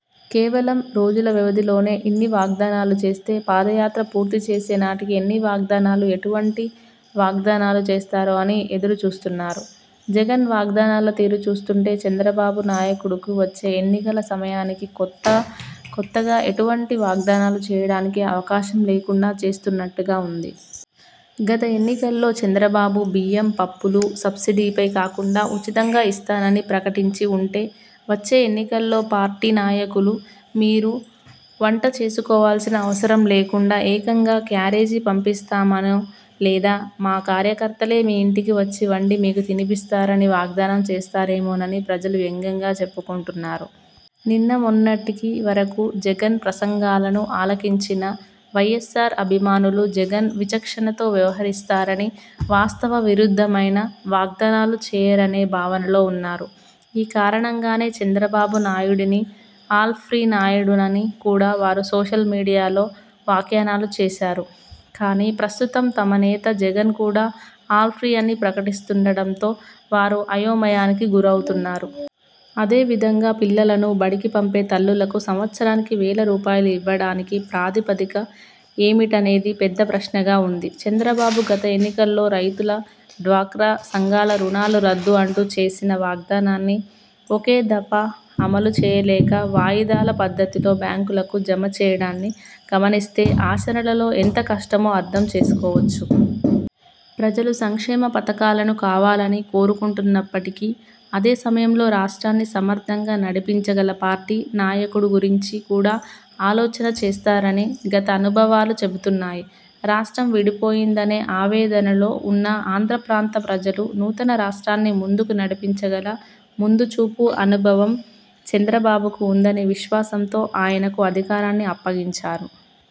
కేవలం రోజుల వ్యవధిలోనే ఇన్ని వాగ్దానాలు చేస్తే పాదయాత్ర పూర్తి చేసే నాటికి ఎన్ని వాగ్దానాలు, ఎటువంటి వాగ్దానాలు చేస్తారో అని ఎదురు చూస్తున్నారు. జగన్ వాగ్దానాల తీరు చూస్తుంటే చంద్రబాబు నాయుడుకు వచ్చే ఎన్నికల సమయానికి కొత్తగా ఎటువంటి వాగ్దానాలు చేయడానికి అవకాశం లేకుండా చేస్తున్నట్టుగా వుంది. గత ఎన్నికల్లో చంద్రబాబు బియ్యం, పప్పులు సబ్సిడీపై కాకుండా ఉచితంగా ఇస్తానని ప్రకటించి వుంటే వచ్చే ఎన్నికల్లో పార్టీ నాయకులు మీరు వంట చేసుకోవాల్సిన అవసరం లేకుండా ఏకంగా క్యారేజీ పంపిస్తామనో లేదా మా కార్యకర్తలే మీ ఇంటికి వచ్చి వండి మీకు తినిపిస్తారని వాగ్దానం చేస్తారేమోనని ప్రజలు వ్యంగ్యంగా చెప్పుకొంటున్నారు. నిన్న మొన్నటి వరకు జగన్ ప్రసంగాలను ఆలకించిన వైఎస్ఆర్ అభిమానులు జగన్ విచక్షణతో వ్యవహరిస్తారని, వాస్తవ విరుద్ధమైన వాగ్దానాలు చేయరనే భావనలో వున్నారు. ఈ కారణంగానే చంద్రబాబు నాయుడిని ఆల్ ఫ్రీ నాయుడని కూడా వారు సోషల్ మీడియాలో వ్యాఖ్యానాలు చేశారు. కానీ, ప్రస్తుతం తమ నేత జగన్ కూడా ఆల్ ఫ్రీ అని ప్రకటిస్తుండటంతో వారు అయోమయానికి గురవుతున్నారు. అదే విధంగా పిల్లలను బడికి పంపే తల్లులకు సంవత్సరానికి వేల రూపాయలు ఇవ్వడానికి ప్రాతిపదిక ఏమిటనేది పెద్ద ప్రశ్నగా వుంది. చంద్రబాబు గత ఎన్నికల్లో రైతుల, డ్వాక్రా సంఘాల రుణాలు రద్దు అంటూ చేసిన వాగ్దానాన్ని ఒకే దఫా అమలు చేయలేక వాయిదాల పద్ధతిలో బ్యాంకులకు జమ చేయడాన్ని గమనిస్తే ఆచరణలో ఎంత కష్టమో అర్థం చేసుకోవచ్చు. ప్రజలు సంక్షేమ పథకాలను కావాలని కోరుకొంటున్నప్పటికీ అదే సమయంలో రాష్ట్రాన్ని సమర్థంగా నడిపించగల పార్టీ, నాయకుడు గురించి కూడా ఆలోచన చేస్తారని గత అనుభవాలు చెబుతున్నాయి. రాష్ట్రం విడిపోయిందనే ఆవేదనలో వున్న ఆంధ్ర ప్రాంత ప్రజలు, నూతన రాష్ట్రాన్ని ముందుకు నడిపించగల ముందుచూపు, అనుభవం చంద్రబాబుకు వుందనే విశ్వాసంతో ఆయనకు అధికారాన్ని అప్పగించారు.